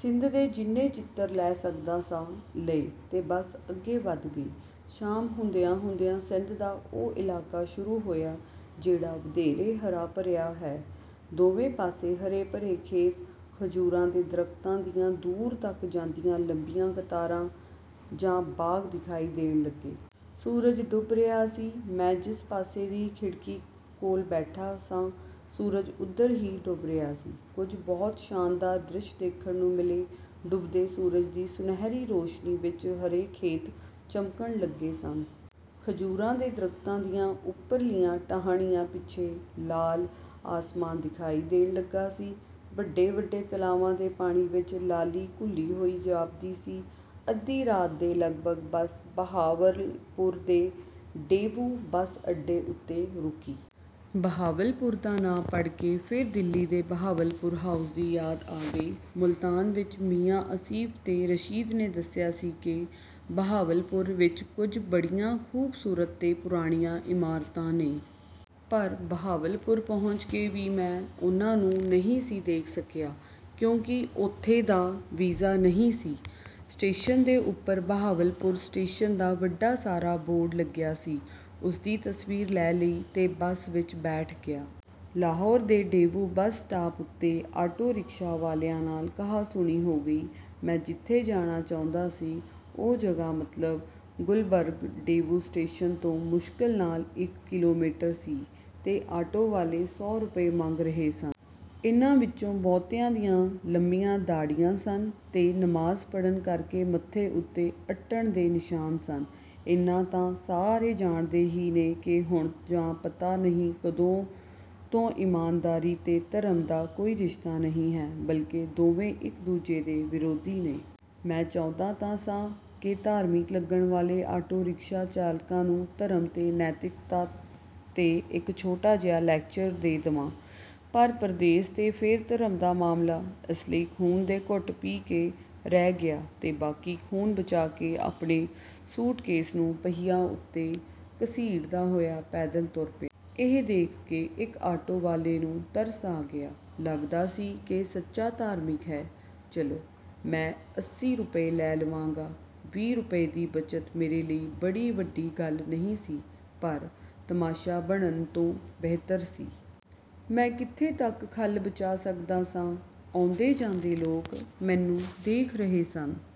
ਸਿੰਧ ਦੇ ਜਿੰਨੇ ਚਿੱਤਰ ਲੈ ਸਕਦਾ ਸਾਂ, ਲਏ ਤੇ ਬੱਸ ਅੱਗੇ ਵਧ ਗਈ। ਸ਼ਾਮ ਹੁੰਦਿਆਂ-ਹੁੰਦਿਆਂ ਸਿੰਧ ਦਾ ਉਹ ਇਲਾਕਾ ਸ਼ੁਰੂ ਹੋਇਆ, ਜਿਹੜਾ ਵਧੇਰੇ ਹਰਾ-ਭਰਿਆ ਹੈ। ਦੋਵੇਂ ਪਾਸੇ ਹਰੇ-ਭਰੇ ਖੇਤ, ਖਜੂਰਾਂ ਦੇ ਦਰਖ਼ਤਾਂ ਦੀਆਂ ਦੂਰ ਤੱਕ ਜਾਂਦੀਆਂ ਲੰਮੀਆਂ ਕਤਾਰਾਂ ਜਾਂ ਬਾਗ਼ ਦਿਖਾਈ ਦੇਣ ਲੱਗੇ। ਸੂਰਜ ਡੁੱਬ ਰਿਹਾ ਸੀ। ਮੈਂ ਜਿਸ ਪਾਸੇ ਦੀ ਖਿੜਕੀ ਕੋਲ ਬੈਠਾ ਸਾਂ, ਸੂਰਜ ਉਧਰ ਹੀ ਡੁੱਬ ਰਿਹਾ ਸੀ। ਕੁਝ ਬਹੁਤ ਸ਼ਾਨਦਾਰ ਦ੍ਰਿਸ਼ ਦੇਖਣ ਨੂੰ ਮਿਲੇ। ਡੁੱਬਦੇ ਸੂਰਜ ਦੀ ਸੁਨਹਿਰੀ ਰੋਸ਼ਨੀ ਵਿਚ ਹਰੇ ਖੇਤ ਚਮਕਣ ਲੱਗੇ ਸਨ। ਖਜੂਰਾਂ ਦੇ ਦਰਖ਼ਤਾਂ ਦੀਆਂ ਉਪਰਲੀਆਂ ਟਾਹਣੀਆਂ ਪਿੱਛੇ ਲਾਲ ਆਸਮਾਨ ਦਿਖਾਈ ਦੇਣ ਲੱਗਾ ਸੀ। ਵੱਡੇ-ਵੱਡੇ ਤਲਾਵਾਂ ਦੇ ਪਾਣੀ ਵਿਚ ਲਾਲੀ ਘੁਲੀ ਹੋਈ ਜਾਪਦੀ ਸੀ। ਅੱਧੀ ਰਾਤ ਦੇ ਲਗਭਗ ਬੱਸ ਬਹਾਵਲਪੁਰ ਦੇ ਡੇਵੂ ਬੱਸ ਅੱਡੇ ਉੱਤੇ ਰੁਕੀ। ਬਹਾਵਲਪੁਰ ਦਾ ਨਾਂ ਪੜ੍ਹ ਕੇ ਫੇਰ ਦਿੱਲੀ ਦੇ ਬਹਾਵਲਪੁਰ ਹਾਊਸ ਦੀ ਯਾਦ ਆ ਗਈ। ਮੁਲਤਾਨ ਵਿਚ ਮੀਆਂ ਆਸਿਫ ਤੇ ਰਸ਼ੀਦ ਨੇ ਦੱਸਿਆ ਸੀ ਕਿ ਬਹਾਵਲਪੁਰ ਵਿਚ ਕੁਝ ਬੜੀਆਂ ਖ਼ੂਬਸੂਰਤ ਤੇ ਪੁਰਾਣੀਆਂ ਇਮਾਰਤਾਂ ਨੇ। ਪਰ ਬਹਾਵਲਪੁਰ ਪਹੁੰਚ ਕੇ ਵੀ ਮੈਂ ਉਹਨਾਂ ਨੂੰ ਨਹੀਂ ਸੀ ਦੇਖ ਸਕਿਆ, ਕਿਉਂਕਿ ਉੱਥੇ ਦਾ ਵੀਜ਼ਾ ਨਹੀਂ ਸੀ। ਸਟੇਸ਼ਨ ਦੇ ਉੱਪਰ ਬਹਾਵਲਪੁਰ ਸਟੇਸ਼ਨ ਦਾ ਵੱਡਾ ਸਾਰਾ ਬੋਰਡ ਲੱਗਿਆ ਸੀ। ਉਸਦੀ ਤਸਵੀਰ ਲੈ ਲਈ ਤੇ ਬੱਸ ਵਿਚ ਬੈਠ ਗਿਆ। ਲਾਹੌਰ ਦੇ ਡੇਵੂ ਬੱਸ ਸਟਾਪ ਉੱਤੇ ਆਟੋ ਰਿਕਸ਼ਾ ਵਾਲਿਆਂ ਨਾਲ ਕਹਾ-ਸੁਣੀ ਹੋ ਗਈ। ਮੈਂ ਜਿੱਥੇ ਜਾਣਾ ਚਾਹੁੰਦਾ ਸੀ, ਉਹ ਜਗ੍ਹਾ, ਮਤਲਬ ਗੁਲਬਰਗ, ਡੇਵੂ ਸਟੇਸ਼ਨ ਤੋਂ ਮੁਸ਼ਕਲ ਨਾਲ ਇਕ ਕਿਲੋਮੀਟਰ ਸੀ ਤੇ ਆਟੋ ਵਾਲੇ ਸੌ ਰੁਪਏ ਮੰਗ ਰਹੇ ਸਨ। ਇਹਨਾਂ ਵਿਚੋਂ ਬਹੁਤਿਆਂ ਦੀਆਂ ਲੰਮੀਆਂ ਦਾੜ੍ਹੀਆਂ ਸਨ ਤੇ ਨਮਾਜ਼ ਪੜ੍ਹਨ ਕਰਕੇ ਮੱਥੇ ਉੱਤੇ ਅੱਟਣ ਦੇ ਨਿਸ਼ਾਨ ਸਨ। ਏਨਾ ਤਾਂ ਸਾਰੇ ਜਾਣਦੇ ਹੀ ਨੇ ਕਿ ਹੁਣ, ਜਾਂ ਪਤਾ ਨਹੀਂ ਕਦੋਂ ਤੋਂ, ਇਮਾਨਦਾਰੀ ਤੇ ਧਰਮ ਦਾ ਕੋਈ ਰਿਸ਼ਤਾ ਨਹੀਂ ਹੈ, ਬਲਕਿ ਦੋਵੇਂ ਇਕ-ਦੂਜੇ ਦੇ ਵਿਰੋਧੀ ਨੇ। ਮੈਂ ਚਾਹੁੰਦਾ ਤਾਂ ਸਾਂ ਕਿ ਧਾਰਮਿਕ ਲੱਗਣ ਵਾਲੇ ਆਟੋ ਰਿਕਸ਼ਾ ਚਾਲਕਾਂ ਨੂੰ ਧਰਮ ਤੇ ਨੈਤਿਕਤਾ 'ਤੇ ਇਕ ਛੋਟਾ ਜਿਹਾ ਲੈਕਚਰ ਦੇ ਦੇਵਾਂ, ਪਰ ਪਰਦੇਸ ਤੇ ਫੇਰ ਧਰਮ ਦਾ ਮਾਮਲਾ, ਇਸ ਲਈ ਖ਼ੂਨ ਦੇ ਘੁੱਟ ਪੀ ਕੇ ਰਹਿ ਗਿਆ ਤੇ ਬਾਕੀ ਖ਼ੂਨ ਬਚਾ ਕੇ ਆਪਣੇ ਸੂਟਕੇਸ ਨੂੰ ਪਹੀਆਂ ਉੱਤੇ ਘਸੀਟਦਾ ਹੋਇਆ ਪੈਦਲ ਤੁਰ ਪਿਆ। ਇਹ ਦੇਖ ਕੇ ਇਕ ਆਟੋ ਵਾਲੇ ਨੂੰ ਤਰਸ ਆ ਗਿਆ। ਲੱਗਦਾ ਸੀ ਕਿ ਸੱਚਾ ਧਾਰਮਿਕ ਹੈ। "ਚਲੋ, ਮੈਂ ਅੱਸੀ ਰੁਪਏ ਲੈ ਲਵਾਂਗਾ।" ਵੀਹ ਰੁਪਏ ਦੀ ਬਚਤ ਮੇਰੇ ਲਈ ਬੜੀ ਵੱਡੀ ਗੱਲ ਨਹੀਂ ਸੀ, ਪਰ ਤਮਾਸ਼ਾ ਬਣਨ ਤੋਂ ਬਿਹਤਰ ਸੀ। ਮੈਂ ਕਿੱਥੇ ਤੱਕ ਖੱਲ ਬਚਾ ਸਕਦਾ ਸਾਂ? ਆਉਂਦੇ-ਜਾਂਦੇ ਲੋਕ ਮੈਨੂੰ ਦੇਖ ਰਹੇ ਸਨ।